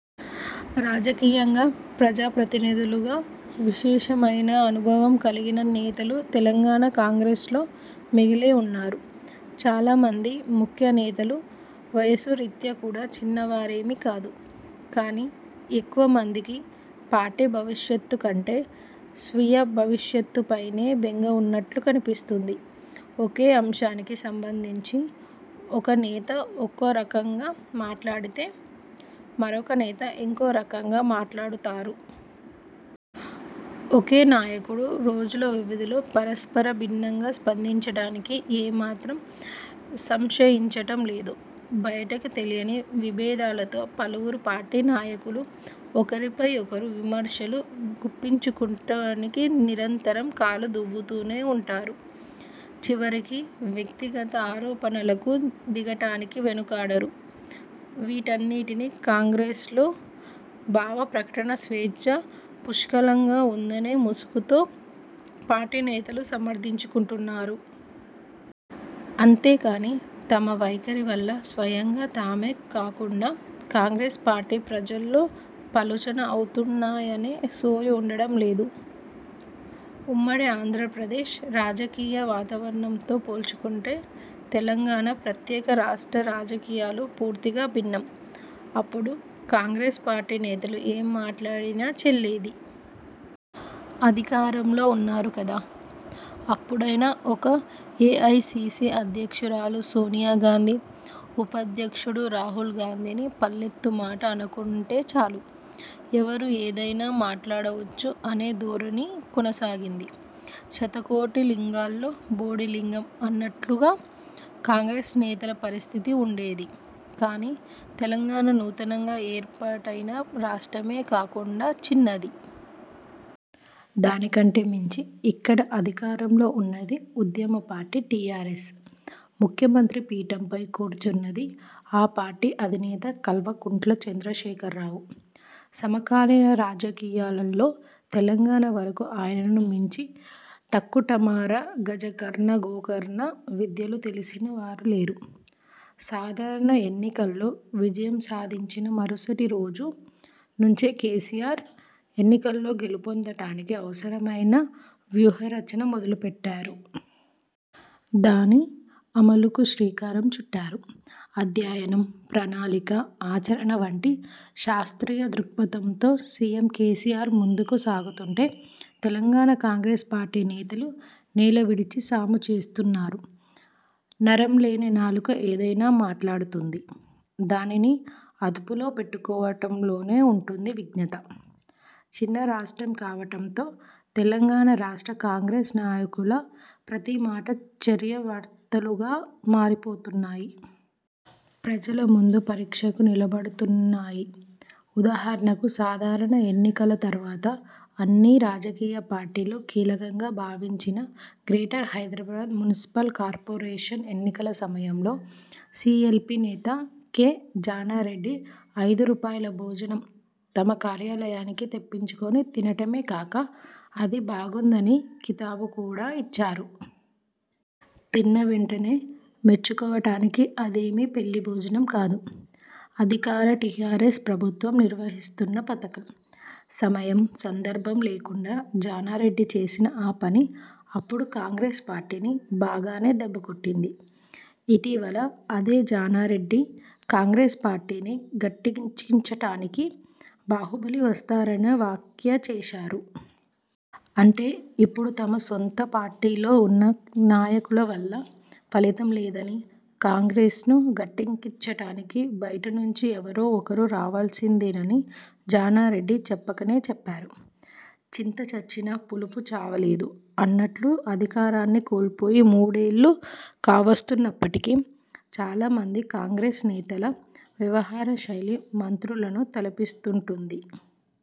రాజకీయంగా, ప్రజాప్రతినిధులుగా విశేషమైన అనుభవం కలిగిన నేతలు తెలంగాణ కాంగ్రెస్లో మిగిలే ఉన్నారు. చాలామంది ముఖ్య నేతలు వయసు రీత్యా కూడా చిన్నవారేమీ కాదు. కానీ ఎక్కువ మందికి పార్టీ భవిష్యత్తు కంటే, స్వీయ భవిష్యత్తుపైనే బెంగ ఉన్నట్లు కనిపిస్తోంది. ఒకే అంశానికి సంబంధించి ఒక నేత ఒకరకంగా మాట్లాడితే, మరొక నేత ఇంకో రకంగా మాట్లాడతారు. ఒకే నాయకుడు రోజుల వ్యవధిలో పరస్పర భిన్నంగా స్పందించటానికి ఏ మాత్రం సంశయించటం లేదు. బయటికి తెలియని విభేదాలతో పలువురు పార్టీ నాయకులు ఒకరిపై మరొకరు విమర్శలు గుప్పించుకోవటానికి నిరంతరం కాలు దువ్వుతూనే ఉంటారు. చివరికి వ్యక్తిగత ఆరోపణలకు దిగటానికీ వెనుకాడరు. వీటిన్నింటినీ కాంగ్రెస్లో 'భావ ప్రకటన స్వేచ్ఛ' పుష్కలంగా ఉందనే ముసుగుతో పార్టీ నేతలు సమర్థించుకుంటున్నారు. అంతేకానీ తమ వైఖరి వల్ల స్వయంగా తామే కాకుండా, కాంగ్రెస్ పార్టీ ప్రజల్లో పలుచన అవుతున్నాయనే సోయి ఉండటం లేదు. ఉమ్మడి ఆంధ్రప్రదేశ్ రాజకీయ వాతావరణంతో పోల్చుకుంటే, తెలంగాణ ప్రత్యేక రాష్ట్ర రాజకీయాలు పూర్తిగా భిన్నం. అప్పుడు కాంగ్రెస్ పార్టీ నేతలు ఏం మాట్లాడినా చెల్లింది. అధికారంలో ఉన్నారు కదా! అప్పుడైనా ఒక్క ఏఐసీసీ అధ్యక్షురాలు సోనియాగాంధీ, ఉపాధ్యక్షుడు రాహుల్గాంధీని పల్లెత్తు మాట అనకుంటే చాలు, ఎవరు ఏదైనా మాట్లాడవచ్చు అనే ధోరణి కొనసాగింది. 'శతకోటి లింగాల్లో బోడి లింగం' అన్నట్లుగా కాంగ్రెస్ నేతల పరిస్థితి ఉండేది. కానీ తెలంగాణ నూతనంగా ఏర్పాటైన రాష్ట్రమే కాకుండా చిన్నది. దానికంటే మించి ఇక్కడ అధికారంలో ఉన్నది ఉద్యమ పార్టీ టీఆర్ఎస్. ముఖ్యమంత్రి పీఠంపై కూర్చున్నది ఆ పార్టీ అధినేత కల్వకుంట్ల చంద్రశేఖర్రావు. సమకాలీన రాజకీయాల్లో తెలంగాణ వరకు ఆయనను మించి టక్కుటమారగజకర్ణగోకర్ణ విద్యలు తెలిసిన వారు లేరు. సాధారణ ఎన్నికల్లో విజయం సాధించిన మరుసటి రోజు నుంచే కేసీఆర్, ఎన్నికల్లో గెలుపొందటానికి అవసరమైన వ్యూహరచన మొదలుపెట్టారు. దాని అమలుకూ శ్రీకారం చుట్టారు. అధ్యయనం, ప్రణాళిక, ఆచరణ వంటి శాస్ర్తీయ దృక్పథంతో సీఎం కేసీఆర్ ముందుకు సాగుతుంటే, తెలంగాణ కాంగ్రెస్ పార్టీ నేతలు నేల విడిచి సాము చేస్తున్నారు. నరంలేని నాలుక ఏదైనా మాట్లాడుతుంది. దానిని అదుపులో పెట్టుకోవటంలోనే ఉంటుంది విజ్ఞత. చిన్న రాష్ట్రం కావటంతో తెలంగాణ రాష్ట్ర కాంగ్రెస్ నాయకుల ప్రతి మాట, చర్య వార్తలుగా మారిపోతున్నాయి. ప్రజల ముందు పరీక్షకు నిలబడుతున్నాయి. ఉదాహరణకు సాధారణ ఎన్నికల తర్వాత అన్ని రాజకీయ పార్టీలు కీలకంగా భావించిన గ్రేటర్ హైదరాబాద్ మున్సిపల్ కార్పొరేషన్ ఎన్నికల సమయంలో సీఎల్పీ నేత కె. జానారెడ్డి 'ఐదు రూపాయల భోజనం' తమ కార్యాలయానికి తెప్పించుకొని తినటమేకాక, అది బాగుందని కితాబు కూడా ఇచ్చారు. తిన్న వెంటనే మెచ్చుకోవటానికి అదేమీ పెళ్లి భోజనం కాదు. అధికార టీఆర్ఎస్ ప్రభుత్వం నిర్వహిస్తున్న పథకం. సమయం, సందర్భం లేకుండా జానారెడ్డి చేసిన ఆ పని అప్పుడు కాంగ్రెస్ పార్టీని బాగానే దెబ్బకొట్టింది. ఇటీవల అదే జానారెడ్డి కాంగ్రెస్ పార్టీని గట్టెక్కించటానికి బాహుబలి వస్తారనే వ్యాఖ్య చేశారు. అంటే ఇప్పుడు తమ సొంత పార్టీలో ఉన్న నాయకుల వల్ల ఫలితం లేదని, కాంగ్రెస్ను గట్టెక్కించటానికి బయటి నుంచి ఎవరో ఒకరు రావాల్సిందేనని జానారెడ్డి చెప్ప కనే చెప్పారు. 'చింత చచ్చినా పులుపు చావలేదు' అన్నట్టు అధికారాన్ని కోల్పోయి మూడేళ్లు కావస్తున్నప్పటికీ, చాలా మంది కాంగ్రెస్ నేతల వ్యవహారశైలి మంత్రులను తలపిస్తుంటుంది.